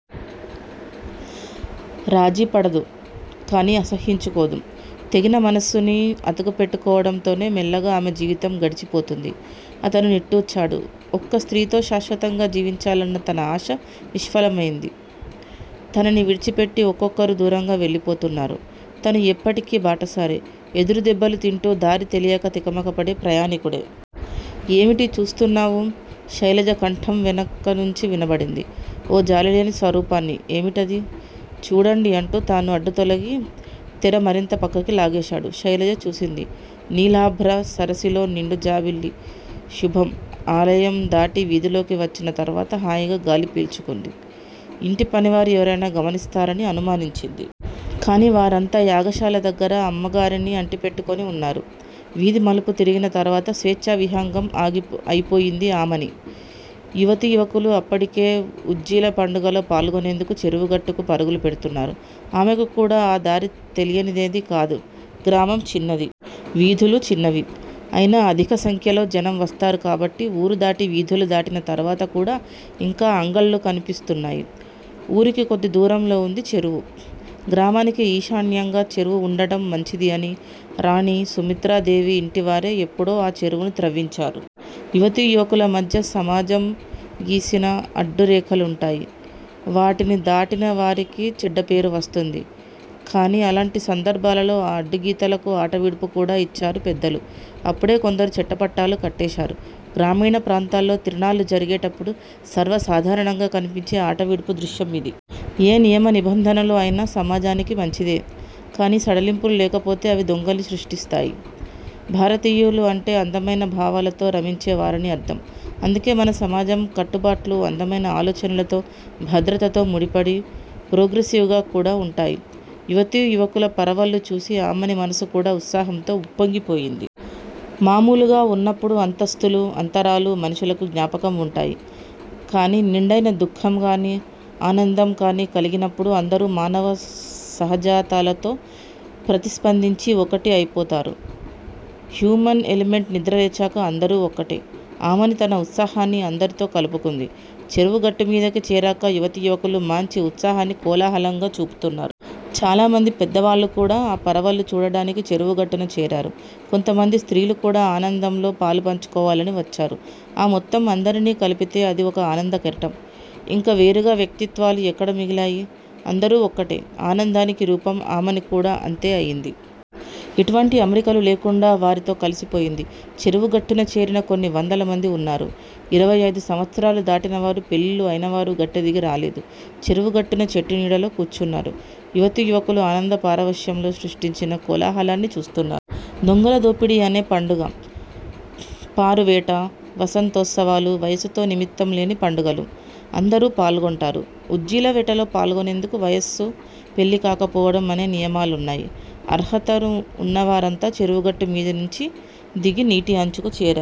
రాజీపడదు. కాని అసహ్యించుకోదు. తెగిన మనసుని అతుకుపెట్టుకోవటంతోనే మెల్లగా ఆమెజీవితం గడిచి పోతుంది. అతను నిట్టూర్చాడు. ఒక్క స్త్రీతో శాశ్వతంగా జీవించాలన్న తన ఆశ నిష్ఫలమైంది. తనని విడిచిపెట్టి ఒక్కొక్కరూ దూరంగా వెళ్లిపోతున్నారు. తను ఎప్పటికీ బాటసారే. ఎదురుదెబ్బలు తింటూ దారి తెలియక తికమకపడే ప్రయాణికుడే. ఏమిటి చూస్తున్నావు? శైలజ కంఠం వెనకనుంచి వినపడింది. ఓ జాలిలేని స్వరూపాన్ని. ఏమిటది? చూడండి అంటూ తాను అడ్డుతొలగి, తెర మరింత ప్రక్కకి లాగేశాడు. శైలజ చూసింది. నీలాభ్ర సరసిలో నిండుజాబిల్లి. శుభం। ఆలయం దాటి వీధిలోకి వచ్చిన తరువాత హాయిగా గాలి పీల్చుకుంది. ఇంటి పనివారు ఎవరయినా గమనిస్తారని అనుమానించింది. కాని వారంతా యాగశాల దగ్గర అమ్మగారిని అంటిపెట్టుకొని ఉన్నారు. వీధి మలుపు తిరిగిన తరువాత స్వేచ్ఛా విహంగం అయిపోయింది ఆమని! యువతీ యువకులు అప్పటికే ఉజ్జీల పండుగలో పాల్గొనేందుకు చెరువు గట్టుకు పరుగులు పెడుతున్నారు. ఆమెకు కూడా ఆ దారి తెలియనిదేమీ కాదు, గ్రామం చిన్నది. వీధులు చిన్నవి! అయినా అధిక సంఖ్యలో జనం వస్తారు కాబట్టి ఊరు దాటి వీధులు దాటిన తరువాత కూడ ఇంకా అంగళ్ళు కన్పిస్తున్నాయి. ఊరికి కొద్ది దూరంలో ఉంది చెరువు! గ్రామానికి ఈశాన్యంగా చెరువు ఉండటం మంచిది అని రాణి సుమిత్రాదేవి ఇంటివారే ఎప్పుడో ఆ చెరువు త్రవ్వించారు. యువతీ యువకుల మధ్య సమాజం గీచిన అడ్డు రేఖలుంటాయి. వాటిని దాటిన వారికి చెడ్డపేరు వస్తుంది. కాని ఇలాంటి సందర్భాలలో ఆ అడ్డుగీతలకు ఆటవిడుపు కూడ ఇచ్చారు పెద్దలు! అప్పుడే కొందరు చెట్టపట్టాలు కట్టేశారు. గ్రామీణ ప్రాంతాలలో తిరునాళ్ళు జరిగేప్పుడు సర్వసాధారణంగా కన్పించే ఆటవిడుపు దృశ్యం ఇది. ఏ నియమ నిబంధనలు అయినా సమాజానికి మంచిదే! కాని సడలింపులు లేకపోతే అవి దొంగల్ని సృష్టిస్తాయి. భారతీయులు అంటే అందమయిన భావాలతో రమించే వారని అర్ధం. అందుకే మన సమాజం కట్టుబాట్లు అందమయిన ఆలోచనలతో భద్రతతో ముడిపడి ప్రోగ్రెసివ్ గా కూడా వుంటాయి. యువతీ యువకుల పరవళ్ళు చూచి ఆమని మనసు కూడ ఉత్సాహంతో ఉప్పొంగి పోయింది. మామూలుగా వున్నప్పుడు అంతస్థులు, అంతరాలు మనుషులకు జ్ఞాపకం వుంటాయి. కాని నిండయిన దుఃఖం కాని ఆనందం కాని కలిగినప్పుడు అందరూ మానవ సహజాతాలతో ప్రతిస్పందించి ఒకటి అయిపోతారు. హ్యూమన్ ఎలిమెంట్ నిద్రలేచాక అందరూ ఒక్కటే! ఆమని తన ఉత్సాహాన్ని అందరితో కలుపుకుంది. చెరువు గట్టుమీదకి చేరాక యువతీ యువకులు మాంచి ఉత్సాహాన్ని కోలాహలంగా చూపుతున్నారు. చాలామంది పెద్దవాళ్ళు కూడా ఆ పరవళ్ళు చూడటానికి చెరువు గట్టున చేరారు. కొంతమంది స్త్రీలు కూడ ఆనందంలో పాలుపంచుకోవాలని వచ్చారు. ఆ మొత్తం అందరినీ కలిపితే అది ఒక ఆనంద కెరటం. ఇంక వేరుగా వ్యక్తిత్వాలు ఎక్కడ మిగిలాయి? అందరూ ఒక్కటే! ఆనందానికి రూపం! ఆమని కూడ అంతే అయింది. ఎటువంటి అమరికలు లేకుండా వారితో కలిసిపోయింది. చెరువు గట్టున చేరిన కొన్ని వందల మంది వున్నారు. ఇరవై అయిదు సంవత్సరాలు దాటిన వారు, పెళ్ళిళ్ళు అయినవారు గట్టు దిగి రాలేదు. చెరువు గట్టున చెట్టు నీడలో కూర్చున్నారు. యువతీ యువకులు ఆనంద పారవశ్యంలో సృష్టించిన కోలాహలాన్ని చూస్తున్నారు. దొంగల దోపిడి అనే పండుగ, పారువేట, వసంతోత్సవాలు వయసుతో నిమిత్తంలేని పండుగలు. అందరూ పాల్గొంటారు. ఉజ్జీలవేటలో పాల్గొనేందుకు వయసు పెళ్ళి కాకపోవటం అనే నియమాలున్నాయి. అర్హతను వున్నవారంతా చెరువు గట్టు మీది నించి దిగి నీటి అంచుకు చేరారు.